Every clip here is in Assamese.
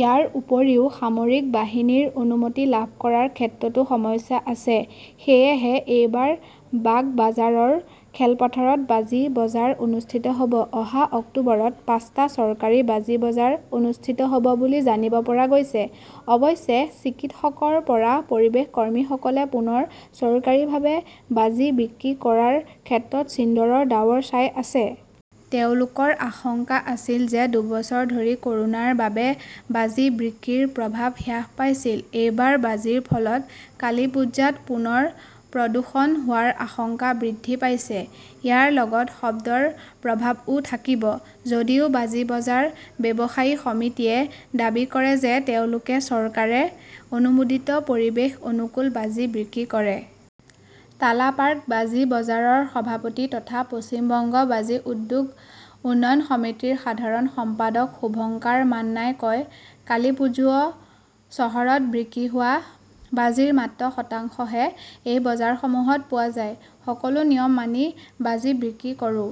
ইয়াৰ উপৰিও, সামৰিক বাহিনীৰ অনুমতি লাভ কৰাৰ ক্ষেত্ৰতো সমস্যা আছে। সেয়েহে এইবাৰ বাগবাজাৰৰ খেলপথাৰত বাজি বজাৰ অনুষ্ঠিত হ "ব। "অহা অক্টোবৰত পাঁচটা চৰকাৰী বাজি বজাৰ অনুষ্ঠিত হ" ব বুলি জানিব পৰা গৈছে। অৱশ্যে, চিকিৎসকৰ পৰা পৰিৱেশ কৰ্মীসকলে পুনৰ চৰকাৰীভাৱে বাজি বিক্ৰী কৰাৰ ক্ষেত্ৰত ছিন্দৰৰ ডাৱৰ চাই আছে। তেওঁলোকৰ আশংকা আছিল যে দুবছৰ ধৰি ক "ৰোনাৰ বাবে বাজি বিক্ৰীৰ প্ৰভাৱ হ্ৰাস পাইছিল। এইবাৰ বাজিৰ ফলত কালিপ্পুজাত পুনৰ প্ৰদূষণ হোৱাৰ আশংকা বৃদ্ধি পাইছে। ইয়াৰ লগত শব্দৰ প্ৰভাৱও থাকিব। যদিও 'বাজি বজাৰ ব্যৱসায়ী সমিতি' য়ে দাবী কৰে যে তেওঁলোকে চৰকাৰে অনুমোদিত পৰিৱেশ অনুকূল বাজি বিক্ৰী কৰে। টালা পাৰ্ক বাজি বজাৰৰ সভাপতি তথা 'পশ্চিম বংগ বাজি উদ্যোগ উন্নয়ন সমিতি "ৰ সাধাৰণ সম্পাদক শুভঙ্কাৰ মাননাই কয়," কালিপ্পুজোয় চহৰত বিক্ৰী হোৱা বাজিৰ মাত্ৰ শতাংশহে এই বজাৰসমূহত পোৱা যায়। সকলো নিয়ম মানি বাজি বিক্ৰী কৰো।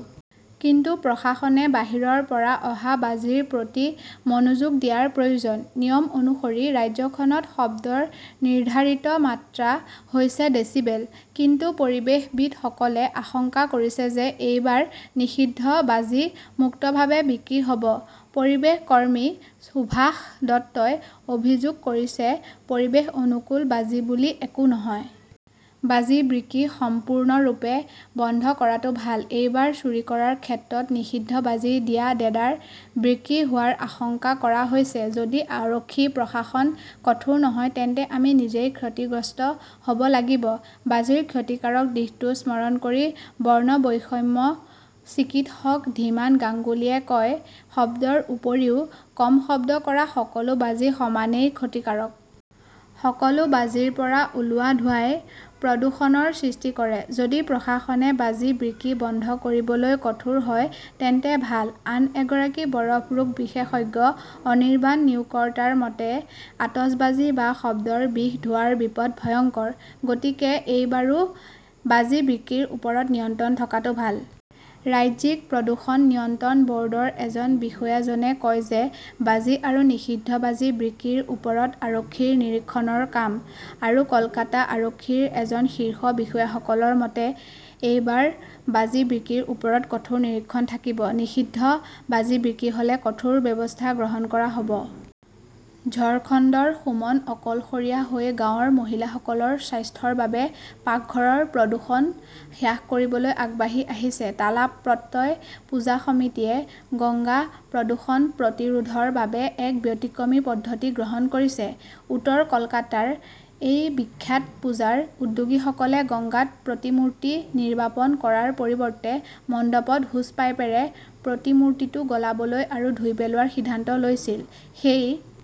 কিন্তু প্ৰশাসনে বাহিৰৰ পৰা অহা বাজিৰ প্ৰতি মনোযোগ দিয়াৰ প্ৰয়োজন। "নিয়ম অনুসৰি, ৰাজ্যখনত শব্দৰ নিৰ্ধাৰিত মাত্ৰা হৈছে ডেছিবেল। কিন্তু পৰিৱেশবিদসকলে আশংকা কৰিছে যে এইবাৰ নিষিদ্ধ বাজি মুক্তভাৱে বিক্ৰী হ 'ব। পৰিৱেশ কৰ্মী সুভাষ দত্তই অভিযোগ কৰিছে, "পৰিৱেশ অনুকূল বাজি বুলি একো নহয়। বাজি বিক্ৰী সম্পূৰ্ণৰূপে বন্ধ কৰাটো ভাল। এইবাৰ চুৰি কৰাৰ ক্ষেত্ৰত নিষিদ্ধ বাজি দিয়া দেদাৰ বিক্ৰী হোৱাৰ আশংকা কৰা হৈছে। যদি আৰক্ষী-প্ৰশাসন কঠোৰ নহয় তেন্তে আমি নিজেই ক্ষতিগ্ৰস্ত হ 'ব লাগিব। "বাজিৰ ক্ষতিকাৰক দিশটো স্মৰণ কৰি বৰ্ণবৈষম্য চিকিৎসক ধীমান গাংগুলীয়ে কয়", শব্দৰ উপৰিও কম শব্দ কৰা সকলো বাজি সমানেই ক্ষতিকাৰক। সকলো বাজিৰ পৰা ওলোৱা ধোঁৱাই প্ৰদূষণৰ সৃষ্টি কৰে। যদি প্ৰশাসনে বাজি বিক্ৰী বন্ধ কৰিবলৈ কঠোৰ হয় তেন্তে ভাল। "আন এগৰাকী বৰফৰোগ বিশেষজ্ঞ অনিৰবান নিয়োগকৰ্তাৰ মতে," আতচবাজী বা শব্দৰ বিষ-ধোঁৱাৰ বিপদ ভয়ংকৰ। গতিকে এইবাৰো বাজি বিক্ৰীৰ ওপৰত নিয়ন্ত্ৰণ থকাটো ভাল। "ৰাজ্যিক প্ৰদূষণ নিয়ন্ত্ৰণ ব" ৰ্ডৰ এজন বিষয়াজনে কয় যে বাজি আৰু নিষিদ্ধ বাজি বিক্ৰীৰ ওপৰত আৰক্ষীৰ নিৰীক্ষণৰ কাম। আৰু কলকাতা আৰক্ষীৰ এজন শীৰ্ষ বিষয়াসকলৰ মতে, "এইবাৰ বাজি বিক্ৰীৰ ওপৰত কঠোৰ নিৰীক্ষণ থাকিব। নিষিদ্ধ বাজি বিক্ৰী হ "লে কঠোৰ ব্যৱস্থা গ্ৰহণ কৰা হ" ব। "। ঝাৰখণ্ডৰ সুমন অকলশৰীয়া হৈ গাঁৱৰ মহিলাসকলৰ স্বাস্থ্যৰ বাবে পাকঘৰৰ প্ৰদূষণ হ্ৰাস কৰিবলৈ আগবাঢ়ি আহিছে টালা প্ৰত্যয় পূজা সমিতিয়ে গংগা প্ৰদূষণ প্ৰতিৰোধৰ বাবে এক ব্যতিক্ৰমী পদ্ধতি গ্ৰহণ কৰিছে। উত্তৰ কলকাতাৰ এই বিখ্যাত পূজাৰ উদ্যোগীসকলে গংগাত প্ৰতিমূৰ্তি নিৰ্বাপন কৰাৰ পৰিৱৰ্তে মণ্ডপত হোচপাইপেৰে প্ৰতিমূৰ্তিটো গলাবলৈ আৰু ধুই পেলোৱাৰ সিদ্ধান্ত লৈছিল। সেই